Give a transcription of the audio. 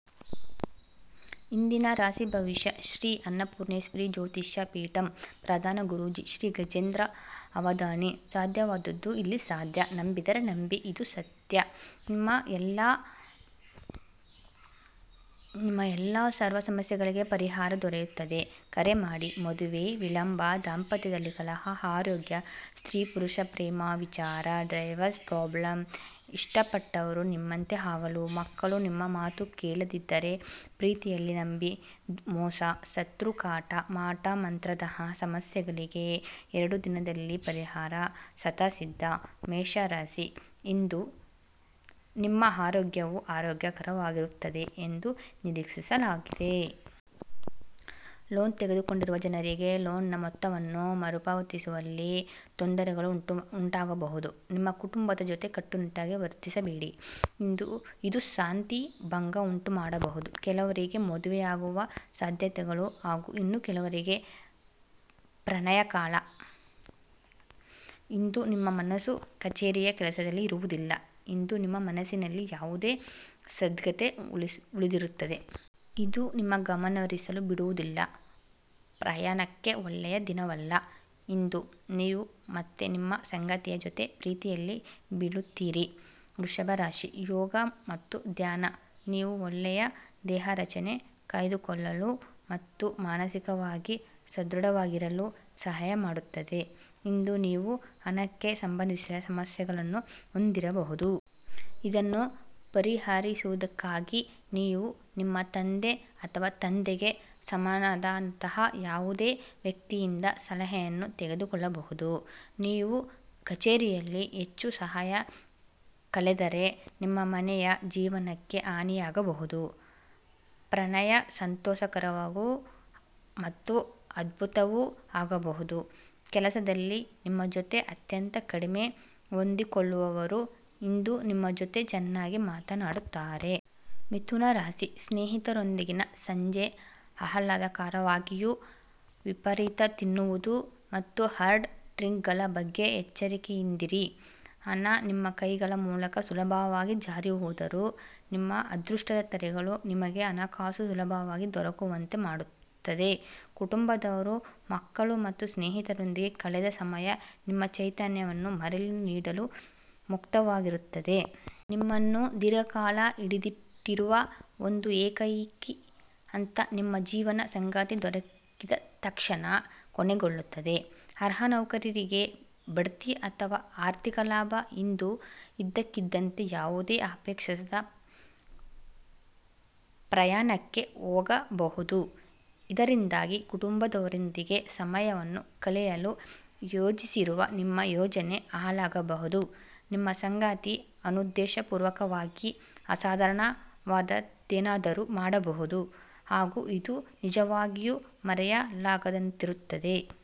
ಇಂದಿನ ರಾಶಿ ಭವಿಷ್ಯ. ಶ್ರೀ ಅನ್ನಪೂರ್ಣೇಶ್ವರಿ ಜ್ಯೋತಿಷ್ಯ ಪೀಠಂ. ಪ್ರಧಾನ ಗುರೂಜಿ ಶ್ರೀ ಗಜೇಂದ್ರ ಅವಧಾನಿ. ಸಾಧ್ಯವಾದದ್ದು ಇಲ್ಲಿ ಸಾಧ್ಯ ನಂಬಿದರೆ ನಂಬಿ ಇದು ಸತ್ಯ. ನಿಮ್ಮ ಎಲ್ಲಾ ಸರ್ವ ಸಮಸ್ಯೆಗಳಿಗೆ ಪರಿಹಾರ ದೊರೆಯುತ್ತದೆ. ಕರೆ ಮಾಡಿ. ಮದುವೆ ವಿಳಂಬ, ದಾಂಪತ್ಯದಲ್ಲಿ ಕಲಹ, ಆರೋಗ್ಯ, ಸ್ತ್ರೀ ಪುರುಷಾ ಪ್ರೇಮ ವಿಚಾರ, ಡೈವರ್ಸ್ ಪ್ರಾಬ್ಲಮ್, ಇಷ್ಟಪಟ್ಟವರು ನಿಮ್ಮಂತೆ ಆಗಲು, ಮಕ್ಕಳು ನಿಮ್ಮ ಮಾತು ಕೇಳದಿದ್ದರೆ, ಪ್ರೀತಿಯಲ್ಲಿ ನಂಬಿ ಮೋಸ, ಶತ್ರು ಕಾಟ, ಮಾಟ ಮಂತ್ರದಂತಹ ಸಮಸ್ಯೆಗಳಿಗೆ ಎರಡು ದಿನದಲ್ಲಿ ಪರಿಹಾರ ಶತಸಿದ್ಧ ಮೇಷ ರಾಶಿ: ಇಂದು, ನಿಮ್ಮ ಆರೋಗ್ಯವು ಆರೋಗ್ಯಕರವಾಗಿರುತ್ತದೆ ಎಂದು ನಿರೀಕ್ಷಿಸಲಾಗಿದೆ. ಲೋನ್ ತೆಗೆದುಕೊಂಡಿರುವ ಜನರಿಗೆ ಲೋನ್ ನ ಮೊತ್ತವನ್ನು ಮರುಪಾವತಿಸುವಲ್ಲಿ ತೊಂದರೆಗಳು ಉಂಟಾಗಬಹುದು. ನಿಮ್ಮ ಕುಟುಂಬದ ಜೊತೆ ಕಟ್ಟುನಿಟ್ಟಾಗಿ ವರ್ತಿಸಬೇಡಿ. ಇದು ಶಾಂತಿ ಭಂಗವುಂಟುಮಾಡಬಹುದು. ಕೆಲವರಿಗೆ ಮದುವೆಯಾಗುವ ಸಾಧ್ಯತೆಗಳು ಹಾಗೂ ಇನ್ನೂ ಕೆಲವರಿಗೆ ಪ್ರಣಯ ಕಾಲ. ಇಂದು ನಿಮ್ಮ ಮನಸ್ಸು ಕಚೇರಿಯ ಕೆಲಸದಲ್ಲಿ ಇರುವುದಿಲ್ಲ. ಇಂದು ನಿಮ್ಮ ಮನಸ್ಸಿನಲ್ಲಿ ಯಾವುದೇ ಸಂದಿಗ್ಧತೆ ಉಳಿದಿರುತ್ತದೆ. ಇದು ನಿಮಗೆ ಗಮನಹರಿಸಲು ಬಿಡುವುದಿಲ್ಲ. ಪ್ರಯಾಣಕ್ಕೆ ಒಳ್ಳೆಯ ದಿನವಲ್ಲ. ಇಂದು, ನೀವು ಮತ್ತೆ ನಿಮ್ಮ ಸಂಗಾತಿಯ ಜೊತೆ ಪ್ರೀತಿಯಲ್ಲಿ ಬೀಳುತ್ತೀರಿ. ವೃಷಭ ರಾಶಿ: ಯೋಗ ಮತ್ತು ಧ್ಯಾನ ನೀವು ಒಳ್ಳೆಯ ದೇಹರಚನೆ ಕಾಯ್ದುಕೊಳ್ಳಲು ಮತ್ತು ಮಾನಸಿಕವಾಗಿ ಸಧೃಢವಾಗಿರಲು ಸಹಾಯ ಮಾಡುತ್ತದೆ. ಇಂದು ನೀವು ಹಣಕ್ಕೆ ಸಂಬಂಧಿಸಿದ ಸಮಸ್ಯೆಯನ್ನು ಹೊಂದಿರಬಹುದು. ಇದನ್ನು ಪರಿಹರಿಸುವುದಕ್ಕಾಗಿ ನೀವು ನಿಮ್ಮ ತಂದೆ ಅಥವಾ ತಂದೆಗೆ ಸಮಾನವಾದಂತಹ ಯಾವುದೇ ವೈವ್ಯಕ್ತಿಯಿಂದ ಸಲಹೆಯನ್ನು ತೆಗೆದುಕೊಳ್ಳಬಹುದು. ನೀವು ಕಛೇರಿಯಲ್ಲಿ ಹೆಚ್ಚು ಸಮಯ ಕಳೆದರೆ ನಿಮ್ಮ ಮನೆಯ ಜೀವನಕ್ಕೆ ಹಾನಿಯಾಗಬಹುದು. ಪ್ರಣಯ ಸಂತೋಷಕರವೂ ಮತ್ತು ಅದ್ಭುತವೂ ಆಗಬಹುದು. ಕೆಲಸದಲ್ಲಿ ನಿಮ್ಮ ಜೊತೆ ಅತ್ಯಂತ ಕಡಿಮೆ ಹೊಂದಿಕೊಳ್ಳುವವರು ಇಂದು ನಿಮ್ಮ ಜೊತೆ ಚೆನ್ನಾಗಿ ಮಾತನಾಡುತ್ತಾರೆ. ಮಿಥುನ ರಾಶಿ: ಸ್ನೇಹಿತರೊಂದಿಗಿನ ಸಂಜೆ ಆಹ್ಲಾದಕರವಾಗಿದ್ದರೂ ವಿಪರೀತ ತಿನ್ನುವುದು ಮತ್ತು ಹಾರ್ಡ್ ಡ್ರಿಂಕ್ ಗಳ ಬಗ್ಗೆ ಎಚ್ಚರಿಕೆಯಿಂದಿರಿ. ಹಣ ನಿಮ್ಮ ಕೈಗಳ ಮೂಲಕ ಸುಲಭವಾಗಿ ಜಾರಿಹೋದರೂ – ನಿಮ್ಮ ಅದೃಷ್ಟದ ತಾರೆಗಳು ನಿಮಗೆ ಹಣಕಾಸು ಸುಲಭವಾಗಿ ದೊರಕುವಂತೆ ಮಾಡುತ್ತದೆ. ಕುಟುಂಬದವರು, ಮಕ್ಕಳು ಮತ್ತು ಸ್ನೇಹಿತರೊಂದಿಗೆ ಕಳೆದ ಸಮಯ ನಿಮ್ಮ ಚೈತನ್ಯವನ್ನು ಮರಳಿ ನೀಡಲು ಮುಕ್ತವಾಗಿರುತ್ತದೆ. ನಿಮ್ಮನ್ನು ದೀರ್ಘಕಾಲ ಹಿಡಿದಿಟ್ಟಿರುವ ಒಂದು ಏಕಾಂಗಿ ಹಂತ ನಿಮ್ಮ ಜೀವನ ಸಂಗಾತಿ ದೊರಕಿದ ತಕ್ಷಣ ಕೊನೆಗೊಳ್ಳುತ್ತದೆ. ಅರ್ಹ ನೌಕರರಿಗೆ ಬಡ್ತಿ ಅಥವಾ ಆರ್ಥಿಕ ಲಾಭ. ಇಂದು ಇದ್ದಕ್ಕಿದ್ದಂತೆ ಯಾವುದೇ ಅಪೇಕ್ಷಿಸದ ಪ್ರಯಾಣಕ್ಕೆ ಹೋಗಬೇಕಾಗಬಹುದು. ಇದರಿಂದಾಗಿ ಕುಟುಂಬದವರೊಂದಿಗೆ ಸಮಯವನ್ನು ಕಳೆಯಲು ಯೋಜಿಸಿರುವ ನಿಮ್ಮ ಯೋಜನೆ ಹಾಳಾಗಬಹುದು. ನಿಮ್ಮ ಸಂಗಾತಿ ಅನುದ್ದೇಶಪೂರ್ವಕವಾಗಿ ಅಸಾಧಾರಣವಾದದ್ದೇನಾದರೂ ಮಾಡಬಹುದು ಹಾಗೂ ಇದು ನಿಜವಾಗಿಯೂ ಮರೆಯಲಾಗದಂತಿರುತ್ತದೆ.